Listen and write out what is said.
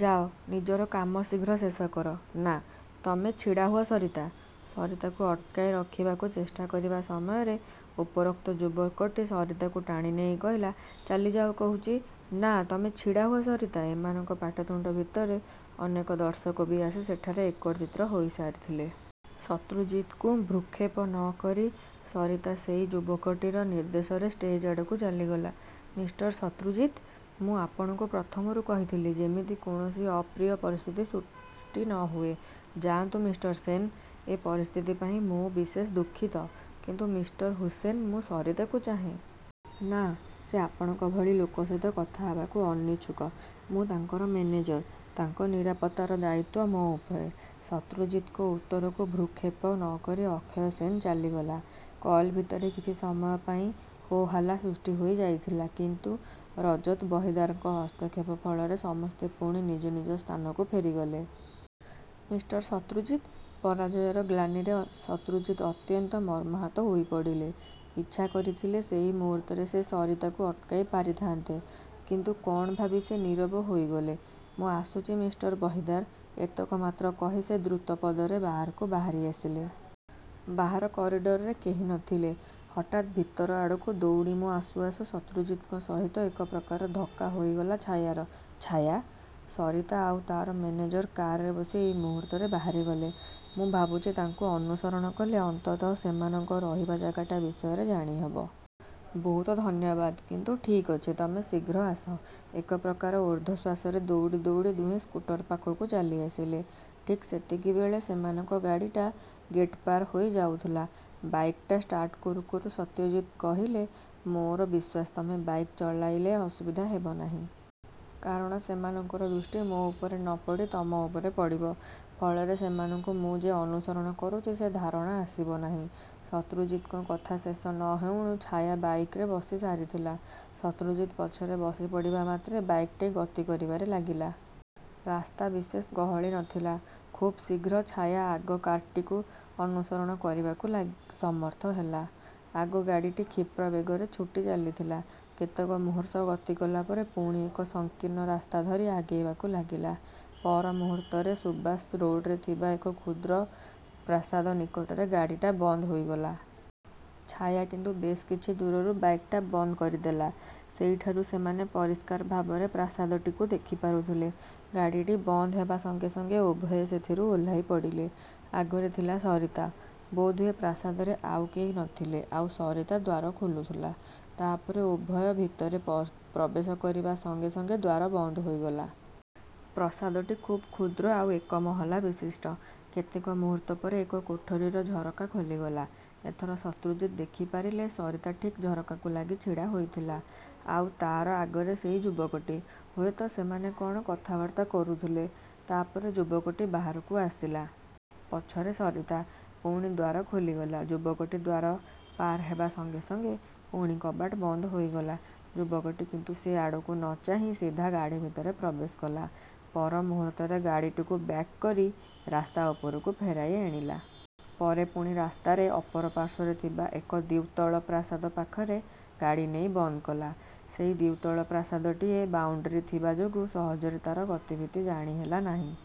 ଯାଅ, ନିଜର କାମ ଶୀଘ୍ର ଶେଷ କର। ନା, ତମେ ଛିଡ଼ାହୁଅ, ସରିତା! ସରିତାକୁ ଅଟକାଇ ରଖିବାକୁ ଚେଷ୍ଟା କରିବା ସମୟରେ ଉପରୋକ୍ତ ଯୁବକଟି ସରିତାକୁ ଟାଣିନେଇ କହିଲା,"ଚାଲିଯାଅ କହୁଛି। ନା, ତମେ ଛିଡ଼ାହୁଅ, ସରିତା! ଏମାନଙ୍କ ପାଟିତୁଣ୍ତ ଭିତରେ ଅନେକ ଦର୍ଶକ ବି ଆସି ସେଠାରେ ଏକତ୍ରିତ ହୋଇସାରିଥିଲେ। ଶତ୍ରୁଜିତଙ୍କୁ ଭ୍ରୂକ୍ଷେପ ନ କରି ସରତା ସେଇ ଯୁବକଟିର ନିର୍ଦ୍ଦେଶରେ ଷ୍ଟେଜ୍ଆଡ଼କୁ ଚାଲିଗଲା। ମିଷ୍ଟର ଶତ୍ରୁଜିତ୍! ମୁଁ ଆପଣଙ୍କୁ ପ୍ରଥମରୁ କହିଥିଲି, ଯେମିତି କୌଣସି ଅପ୍ରିୟ ପରିସ୍ଥିତି ସୃଷ୍ଟି ନ ହୁଏ। ଯାଆନ୍ତୁ, ମିଷ୍ଟର ସେନ୍, ଏ ପରିସ୍ଥିତି ପାଇଁ ମୁଁ ବିଶେଷ ଦୁଃଖିତ! କିନ୍ତୁ ମିଷ୍ଟର ହୁସେନ, ମୁଁ ସରିତାକୁ ଚାହେଁ। ନା ସେ ଆପଣଙ୍କ ଭଳି ଲୋକ ସହିତ କଥା ହେବାକୁ ଅନିଚ୍ଛୁକ। ମୁଁ ତାଙ୍କର ମେନେଜର। ତାଙ୍କ ନିରାପତ୍ତାର ଦାୟିତ୍ୱ ମୋ ଉପରେ। ଶତ୍ରୁଜିତଙ୍କ ଉତ୍ତରକୁ ଭ୍ରୁକ୍ଷେପ ନ କରି ଅକ୍ଷୟ ସେନ୍ ଚାଲିଗଲା। କଲ୍ ଭିତରେ କିଛି ସମୟ ପାଇଁ ହୋ ହୋଲ୍ଲା ସୃଷ୍ଟିହୋଇଯାଇଥିଲା ,କିନ୍ତୁ ରଜତ ବହିଦାରଙ୍କ ହସ୍ତକ୍ଷେପ ଫଳରେ ସମସ୍ତେ ପୁଣି ନିଜ ନିଜ ସ୍ଥାନକୁ ଫେରିଗଲେ। ମିଷ୍ଟର ଶତ୍ରୁଜିତ୍! ପରାଜୟର ଗ୍ଳାନିରେ ଶତ୍ରୁଜିତ୍ଅତ୍ୟନ୍ତ ମର୍ମାହତ ହୋଇପଡ଼ିଲେ। ଇଚ୍ଛା କରିଥିଲେ ସେଇ ମୁହୂର୍ତ୍ତରେ ସେ ସରିତାକୁ ଅଟକାଇ ପାରିଥାଆନ୍ତେ, କିନ୍ତୁ କ'ଣ ଭାବି ସେ ନୀରବ ହୋଇଗଲେ। ମୁଁ ଆସୁଛି ମିଷ୍ଟର ବହିଦାର, ଏତକ ମାତ୍ର କହି ସେ ଦ୍ରୁତ ପଦରେ ବାହାରକୁ ବାହାରି ଆସିଲେ। ବାହାର କରିଡ଼ରରେ କେହି ନ ଥିଲେ, ହଠାତ୍ ଭିତର ଆଡ଼କୁ ଦୌଡ଼ି ମୁଁ ଆସୁ ଆସୁ ଶତ୍ରୁଜିତଙ୍କ ସହିତ ଏକପ୍ରକାର ଧକ୍କା ହୋଇଗଲା ଛାୟାର। ଛାୟା! ସରିତା ଆଉ ତା'ର ମେନେଜର କାରରେ ବସି ଏଇ ମୁହୂର୍ତ୍ତରେ ବାହାରିଗଲେ। ମୁଁ ଭାବୁଛି ତାଙ୍କୁ ଅନୁସରଣ କଲେ ଅନ୍ତତଃ ସେମାନଙ୍କ ରହିବା ଜାଗାଟା ବିଷୟରେ ଜାଣିହେବ। ବହୁତ ଧନ୍ୟବାଦ, କିନ୍ତୁ ଠିକ୍ ଅଛି। ତମେ ଶୀଘ୍ର ଆସ। ଏକପ୍ରକାର ଊର୍ଦ୍ଧ୍ୱଶ୍ୱାସରେ ଦୌଡ଼ି ଦୌଡ଼ି ଦୁହେଁ ସ୍କୁଟର ପାଖକୁ ଚାଲିଆସିଲେ। ଠିକ୍ ସେତିକିବେଳେ ସେମାନଙ୍କ ଗାଡ଼ିଟା ଗେଟ୍ପାର ହୋଇ ଯାଉଥିଲା। ବାଇକ୍ଟା ଷ୍ଟାର୍ଟ କରୁ କରୁ ଶତ୍ରୁଜିତ୍ କହିଲେ,"ମୋର ବିଶ୍ୱାସ, ତମେ ବାଇକ୍ ଚଳାଇଲେ ଅସୁବିଧା ହେବ ନାହିଁ। କାରଣ ସେମାନଙ୍କର ଦୃଷ୍ଟି ମୋ ଉପରେ ନ ପଡ଼ି ତମ ଉପରେ ପଡ଼ିବ। ଫଳରେ ସେମାନଙ୍କୁ ମୁଁ ଯେ ଅନୁସରଣ କରୁଛି ସେ ଧାରଣା ଆସିବ ନାହିଁ। ଶତ୍ରୁଜିତଙ୍କ କଥା ଶେଷ ନ ହେଉଣୁ ଛାୟା ବାଇକରେ ବସି ସାରିଥିଲା। ଶତ୍ରୁଜିତ୍ ପଛରେ ବସିପଡ଼ିବା ମାତ୍ରେ, ବାଇକ୍ଟି ଗତି କରିବାରେ ଲାଗିଲା। ରାସ୍ତା ବିଶେଷ ଗହଳି ନ ଥିଲା। ଖୁବ୍ଶୀଘ୍ର ଛାୟା ଆଗ କାର୍ଟିକୁ ଅନୁସରଣ କରିବାକୁ ସମର୍ଥ ହେଲା। ଆଗ ଗାଡ଼ିଟି କ୍ଷିପ୍ର ବେଗରେ ଛୁଟି ଚାଲିଥିଲା। କେତେକ ମୁହୂର୍ତ୍ତ ଗତି କଲାପରେ ପୁଣି ଏକ ସଂକୀର୍ଣ୍ଣ ରାସ୍ତା ଧରି ଆଗେଇବାକୁ ଲାଗିଲା। ପର ମୁହୂର୍ତ୍ତରେ ସୁଭାଷ ରୋଡ଼ରେ ଥିବା ଏକ କ୍ଷୁଦ୍ର ପ୍ରାସାଦ ନିକଟରେ ଗାଡ଼ିଟା ବନ୍ଦ ହେଇଗଲା। ଛାୟା କିନ୍ତୁ ବେଶ୍ କିଛି ଦୂରରୁ ବାଇକ୍ଟା ବନ୍ଦ କରିଦେଲା। ସେଇଠାରୁ ସେମାନେ ପରିଷ୍କାର ଭାବରେ ପ୍ରାସାଦଟିକୁ ଦେଖିପାରୁଥିଲେ। ଗାଡ଼ିଟି ବନ୍ଦ ହେବା ସଙ୍ଗେ ସଙ୍ଗେ ଉଭୟେ ସେଥିରୁ ଓହ୍ଲାଇପଡ଼ିଲେ। ଆଗରେ ଥିଲା ସରିତା, ବୋଧହୁଏ ପ୍ରାସାଦରେ ଆଉ କେହି ନ ଥିଲେ ଆଉ ସରିତା ଦ୍ୱାର ଖୋଲୁଥିଲା, ତା'ପରେ ଉଭୟେ ଭିତରେ ପ୍ରବେଶ କରିବା ସଙ୍ଗେ ସଙ୍ଗେ ଦ୍ୱାର ବନ୍ଦ ହେଇଗଲା। ପ୍ରସାଦଟି ଖୁବ୍ କ୍ଷୁଦ୍ର ଆଉ ଏକମହଲା ବିଶିଷ୍ଟ। କେତେକ ମୁହୂର୍ତ୍ତ ପରେ ଏକ କୋଠାରିର ଝରକା ଖୋଲିଗଲା। ଏଥର ଶତ୍ରୁଜିତ୍ ଦେଖିପାରିଲେ ସରିତା ଠିକ୍ ଝରକାକୁ ଲାଗି ଛିଡ଼ା ହୋଇଥିଲା। ଆଉ ତା'ର ଆଗରେ ସେଇ ଯୁବକଟି। ହୁଏତ ସେମାନେ କ'ଣ କଥାବାର୍ତ୍ତା କରୁଥିଲେ। ତା'ପରେ ଯୁବକଟି ବାହାରକୁ ଆସିଲା। ପଛରେ ସରିତା। ପୁଣି ଦ୍ୱାର ଖୋଲିଗଲା। ଯୁବକଟି ଦ୍ୱାର ପାର ହେବା ସଙ୍ଗେ ସଙ୍ଗେ ପୁଣି କବାଟ ବନ୍ଦ ହୋଇଗଲା। ଯୁବକଟି କିନ୍ତୁ ସେ ଆଡ଼କୁ ନ ଚାହିଁ ସିଧା ଗାଡ଼ି ଭିତରେ ପ୍ରବେଶ କଲା। ପର ମୁହୂର୍ତ୍ତରେ ଗାଡ଼ିଟିକୁ ବ୍ୟାକ୍କରି ରାସ୍ତା ଉପରକୁ ଫେରାଇ ଆଣିଲା। ପରେ ପୁଣି ରାସ୍ତାରେ ଅପର ପାର୍ଶ୍ୱରେ ଥିବା ଏକ ଦ୍ୱିତଳ ପ୍ରାସାଦ ପାଖରେ ଗାଡ଼ି ନେଇ ବନ୍ଦ କଲା। ସେଇ ଦ୍ୱିତଳ ପ୍ରାସାଦଟିଏ ବାଉଣ୍ତରୀ ଥିବା ଯୋଗୁ ସହଜରେ ତା'ର ଗତିବିଧି ଜାଣି ହେଲା ନାହିଁ।